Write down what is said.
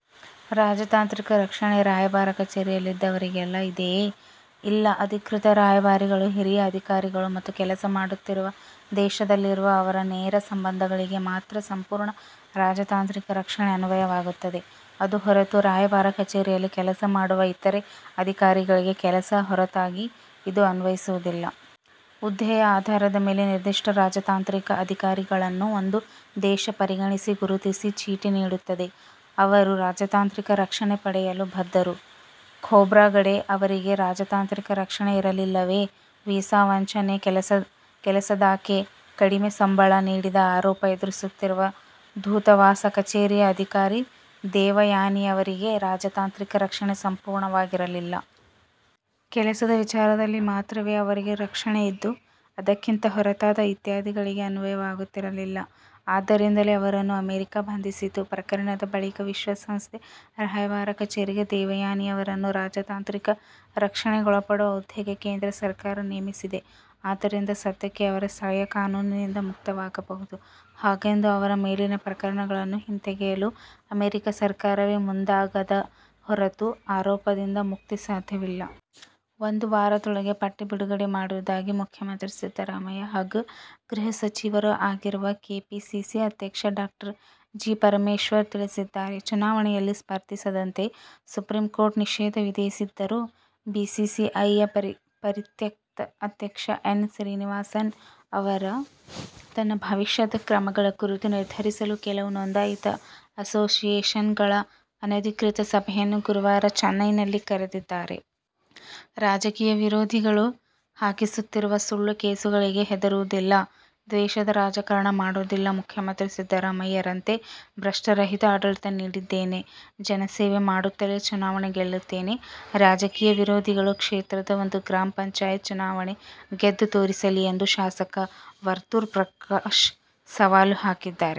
ರಾಜತಾಂತ್ರಿಕ ರಕ್ಷಣೆ ರಾಯಭಾರ ಕಚೇರಿಯಲ್ಲಿದ್ದವರಿಗೆಲ್ಲ ಇದೆಯೇ? ಇಲ್ಲ. ಅಧಿಕೃತ ರಾಯಭಾರಿಗಳು, ಹಿರಿಯ ಅಧಿಕಾರಿಗಳು ಮತ್ತು ಕೆಲಸ ಮಾಡುತ್ತಿರುವ ದೇಶದಲ್ಲಿರುವ ಅವರ ನೇರ ಸಂಬಂಧಿಗಳಿಗೆ ಮಾತ್ರ ಸಂಪೂರ್ಣ ರಾಜತಾಂತ್ರಿಕ ರಕ್ಷಣೆ ಅನ್ವಯವಾಗುತ್ತದೆ. ಅದು ಹೊರತು ರಾಯಭಾರ ಕಚೇರಿಯಲ್ಲಿ ಕೆಲಸ ಮಾಡುವ ಇತರ ಅಧಿಕಾರಿಗಳಿಗೆ ಕೆಲಸದ ಹೊರತಾಗಿ ಇದು ಅನ್ವಯಿಸುವುದಿಲ್ಲ. ಹುದ್ದೆಯ ಆಧಾರದ ಮೇಲೆ ನಿರ್ದಿಷ್ಟ ರಾಜತಾಂತ್ರಿಕ ಅಧಿಕಾರಿಗಳನ್ನು ಒಂದು ದೇಶ ಪರಿಗಣಿಸಿ ಗುರುತಿನ ಚೀಟಿ ನೀಡುತ್ತದೆ. ಅವರು ರಾಜತಾಂತ್ರಿಕ ರಕ್ಷಣೆ ಪಡೆಯಲು ಬದ್ಧರು. ಖೋಬ್ರಗಡೆ ಅವರಿಗೆ ರಾಜತಾಂತ್ರಿಕ ರಕ್ಷಣೆ ಇರಲಿಲ್ಲವೇ? ವೀಸಾ ವಂಚನೆ. ಕೆಲಸದಾಕೆಗೆ ಕಡಿಮೆ ಸಂಬಳ ನೀಡಿದ ಆರೋಪ ಎದುರಿಸುತ್ತಿರುವ ದೂತವಾಸ ಕಚೇರಿಯ ಅಧಿಕಾರಿ ದೇವಯಾನಿಯವರಿಗೆ ರಾಜತಾಂತ್ರಿಕ ರಕ್ಷಣೆ ಸಂಪೂರ್ಣವಾಗಿರಲಿಲ್ಲ. ಕೆಲಸದ ವಿಚಾರದಲ್ಲಿ ಮಾತ್ರವೇ ಅವರಿಗೆ ರಕ್ಷಣೆ ಇದ್ದು, ಅದಕ್ಕಿಂತ ಹೊರತಾದ ಇತ್ಯಾದಿಗಳಿಗೆ ಅನ್ವಯವಾಗುತ್ತಿರಲಿಲ್ಲ. ಆದ್ದರಿಂದಲೇ ಅವರನ್ನು ಅಮೆರಿಕ ಬಂಧಿಸಿತು. ಪ್ರಕರಣದ ಬಳಿಕ ವಿಶ್ವಸಂಸ್ಥೆ ರಾಯಭಾರ ಕಚೇರಿಗೆ ದೇವಯಾನಿಯವರನ್ನು ರಾಜತಾಂತ್ರಿಕ ರಕ್ಷಣೆಗೊಳಪಡುವ ಹುದ್ದೆಗೆ ಕೇಂದ್ರ ಸರ್ಕಾರ ನೇಮಿಸಿದೆ. ಆದ್ದರಿಂದ ಸದ್ಯಕ್ಕೆ ಅವರು ಸ್ಥಳೀಯ ಕಾನೂನಿಂದ ಮುಕ್ತವಾಗಬಹುದು. ಹಾಗೆಂದು ಅವರ ಮೇಲಿನ ಪ್ರಕರಣಗಳನ್ನು ಹಿಂತೆಗೆಯಲು ಅಮೆರಿಕ ಸರ್ಕಾರವೇ ಮುಂದಾಗದ ಹೊರತು ಆರೋಪದಿಂದ ಮುಕ್ತಿ ಸಾಧ್ಯವಿಲ್ಲ. ಒಂದು ವಾರದೊಳಗೆ ಪಟ್ಟಿ ಬಿಡುಗಡೆ ಮಾಡುವುದಾಗಿ ಮುಖ್ಯಮಂತ್ರಿ ಸಿದ್ದರಾಮಯ್ಯ ಹಾಗೂ ಗೃಹ ಸಚಿವರೂ ಆಗಿರುವ ಕೆಪಿಸಿಸಿ ಅಧ್ಯಕ್ಷ ಡಾ ಜಿ. ಪರಮೇಶ್ವರ್ ತಿಳಿಸಿದ್ದಾರೆ. ಚುನಾವಣೆಯಲ್ಲಿ ಸ್ಪರ್ಧಿಸದಂತೆ ಸುಪ್ರೀಂ ಕೋರ್ಟ್ ನಿಷೇಧ ವಿಧಿಸಿದ್ದರೂ ಬಿಸಿಸಿಐಯ ಪರಿತ್ಯಕ್ತ ಅಧ್ಯಕ್ಷ ಎನ್. ಶ್ರೀನಿವಾಸನ್ ಅವರು ತನ್ನ ಭವಿಷ್ಯದ ಕ್ರಮಗಳ ಕುರಿತು ನಿರ್ಧರಿಸಲು ಕೆಲವು ನೋಂದಾಯಿತ ಅಸೋಸಿಯೇಶನ್ಗಳ ಅನಧಿಕೃತ ಸಭೆಯನ್ನು ಗುರುವಾರ ಚೆನ್ನೈಯಲ್ಲಿ ಕರೆದಿದ್ದಾರೆ. ರಾಜಕೀಯ ವಿರೋಧಿಗಳು ಹಾಕಿಸುತ್ತಿರುವ ಸುಳ್ಳು ಕೇಸುಗಳಿಗೆ ಹೆದರುವುದಿಲ್ಲ. ದ್ವೇಷದ ರಾಜಕಾರಣ ಮಾಡುವುದಿಲ್ಲ. ಮುಖ್ಯಮಂತ್ರಿ ಸಿದ್ದರಾಮಯ್ಯರಂತೆ ಭ್ರಷ್ಟರಹಿತ ಆಡಳಿತ ನೀಡಿದ್ದೇನೆ. ಜನಸೇವೆ ಮಾಡುತ್ತಲೇ ಚುನಾವಣೆ ಗೆಲ್ಲುತ್ತೇನೆ. ರಾಜಕೀಯ ವಿರೋಧಿಗಳು ಕ್ಷೇತ್ರದ ಒಂದು ಗ್ರಾಮ ಪಂಚಾಯತ್ ಚುನಾವಣೆ ಗೆದ್ದು ತೋರಿಸಲಿ ಎಂದು ಶಾಸಕ ವರ್ತೂರು ಪ್ರಕಾಶ್ ಸವಾಲು ಹಾಕಿದ್ದಾರೆ.